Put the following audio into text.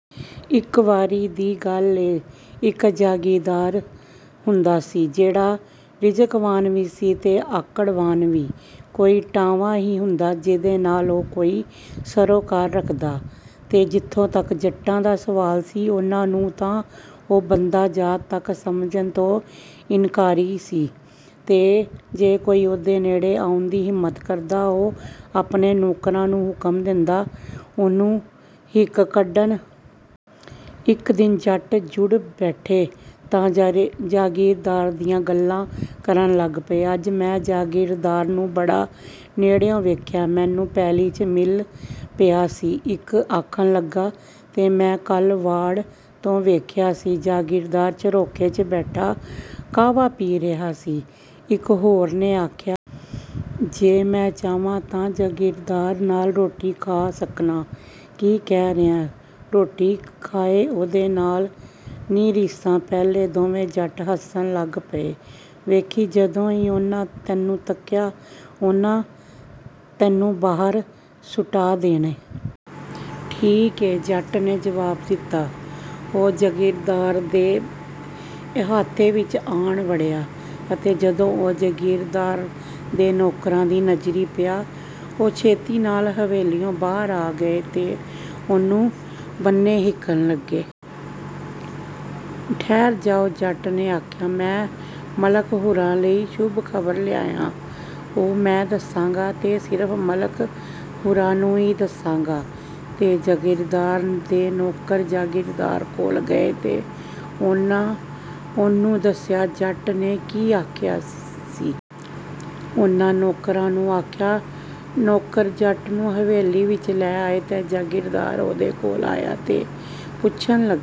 ਇੱਕ ਵਾਰੀ ਦੀ ਗੱਲ ਏ, ਇਕ ਜਾਗੀਰਦਾਰ ਹੁੰਦਾ ਸੀ, ਜਿਹੜਾ ਰਿਜ਼ਕਵਾਨ ਵੀ ਸੀ ਤੇ ਆਕੜਵਾਨ ਵੀ। ਕੋਈ ਟਾਵਾਂ ਹੀ ਹੁੰਦਾ, ਜਿਹਦੇ ਨਾਲ ਉਹ ਕੋਈ ਸਰੋਕਾਰ ਰੱਖਦਾ। ਤੇ ਜਿਥੋਂ ਤਕ ਜੱਟਾਂ ਦਾ ਸਵਾਲ ਸੀ, ਉਹਨਾਂ ਨੂੰ ਤਾਂ ਉਹ ਬੰਦਾ ਜ਼ਾਤ ਤਕ ਸਮਝਣ ਤੋਂ ਇਨਕਾਰੀ ਸੀ, ਤੇ ਜੇ ਕੋਈ ਉਹਦੇ ਨੇੜੇ ਆਉਣ ਦੀ ਹਿੰਮਤ ਕਰਦਾ, ਉਹ ਆਪਣੇ ਨੌਕਰਾਂ ਨੂੰ ਹੁਕਮ ਦੇਂਦਾ, ਉਹਨੂੰ ਹਿੱਕ ਕੱਢਣ। ਇੱਕ ਦਿਨ ਜੱਟ ਜੁੜ ਬੈਠੇ ਤਾਂ ਜਾਗੀਰਦਾਰ ਦੀਆਂ ਗੱਲਾਂ ਕਰਨ ਲੱਗ ਪਏ। ਅੱਜ ਮੈਂ ਜਾਗੀਰਦਾਰ ਨੂੰ ਬੜਾ ਨੇੜਿਉਂ ਵੇਖਿਐ, ਮੈਨੂੰ ਪੈਲੀ ਚ ਮਿਲ ਪਿਆ ਸੀ, ਇਕ ਆਖਣ ਲੱਗਾ। ਤੇ ਮੈਂ ਕੱਲ੍ਹ ਵਾੜ ਤੋਂ ਵੇਖਿਆ ਸੀ, ਜਾਗੀਰਦਾਰ ਝਰੋਖੇ ’ਚ ਬੈਠਾ ਕਾਹਵਾ ਪੀ ਰਿਹਾ ਸੀ, ਇੱਕ ਹੋਰ ਨੇ ਆਖਿਆ। ਜੇ ਮੈਂ ਚਾਹਵਾਂ, ਤਾਂ ਜਾਗੀਰਦਾਰ ਨਾਲ ਰੋਟੀ ਖਾ ਸਕਨਾਂ। ਕੀ ਕਹਿ ਰਿਹੈਂ! ਰੋਟੀ ਖਾਏਂ ਉਹਦੇ ਨਾਲ? ਨਹੀਂ ਰੀਸਾਂ! ਪਹਿਲੇ ਦੋਵੇਂ ਜੱਟ ਹੱਸਣ ਲੱਗ ਪਏ। ਵੇਖੀਂ, ਜਦੋਂ ਈ ਉਹਨਾ ਤੈਨੂੰ ਤਕਿਆ, ਉਹਨਾ ਤੈਨੂੰ ਬਾਹਰ ਸੁਟਾ ਦੇਣੈ। ਠੀਕ ਏ, ਜੱਟ ਨੇ ਜਵਾਬ ਦਿੱਤਾ। ਉਹ ਜਾਗੀਰਦਾਰ ਦੇ ਇਹਾਤੇ ਵਿਚ ਆਣ ਵੜਿਆ, ਅਤੇ ਜਦੋਂ ਉਹ ਜਾਗੀਰਦਾਰ ਦੇ ਨੌਕਰਾਂ ਦੀ ਨਜ਼ਰੀਂ ਪਿਆ, ਉਹ ਛੇਤੀ ਨਾਲ ਹਵੇਲੀਉਂ ਬਾਹਰ ਆ ਗਏ ਤੇ ਉਹਨੂੰ ਬੰਨੇ ਹਿੱਕਣ ਲੱਗੇ। “ਠਹਿਰ ਜਾਓ!” ਜੱਟ ਨੇ ਆਖਿਆ। “ਮੈਂ ਮਲਕ ਹੁਰਾਂ ਲਈ ਸ਼ੁਭ ਖ਼ਬਰ ਲਿਆਇਆਂ।” "ਉਹ ਮੈਂ ਦੱਸਾਂਗਾ ਤੇ ਸਿਰਫ਼ ਮਲਕ ਹੁਰਾਂ ਨੂੰ ਈ ਦੱਸਾਂਗਾ।” ਤੇ ਜਾਗੀਰਦਾਰ ਦੇ ਨੌਕਰ ਜਾਗੀਰਦਾਰ ਕੋਲ ਗਏ ਤੇ ਉਹਨਾਂ ਉਹਨੂੰ ਦੱਸਿਆ, ਜੱਟ ਨੇ ਕੀ ਆਖਿਆ ਸੀ। ਉਹਨਾਂ ਨੌਕਰਾਂ ਨੂੰ ਆਖਿਆ। ਨੌਕਰ ਜੱਟ ਨੂੰ ਹਵੇਲੀ ਵਿੱਚ ਲੈ ਆਏ, ਤੇ ਜਾਗੀਰਦਾਰ ਉਹਦੇ ਕੋਲ ਆਇਆ ਤੇ ਪੁੱਛਣ ਲੱਗਾ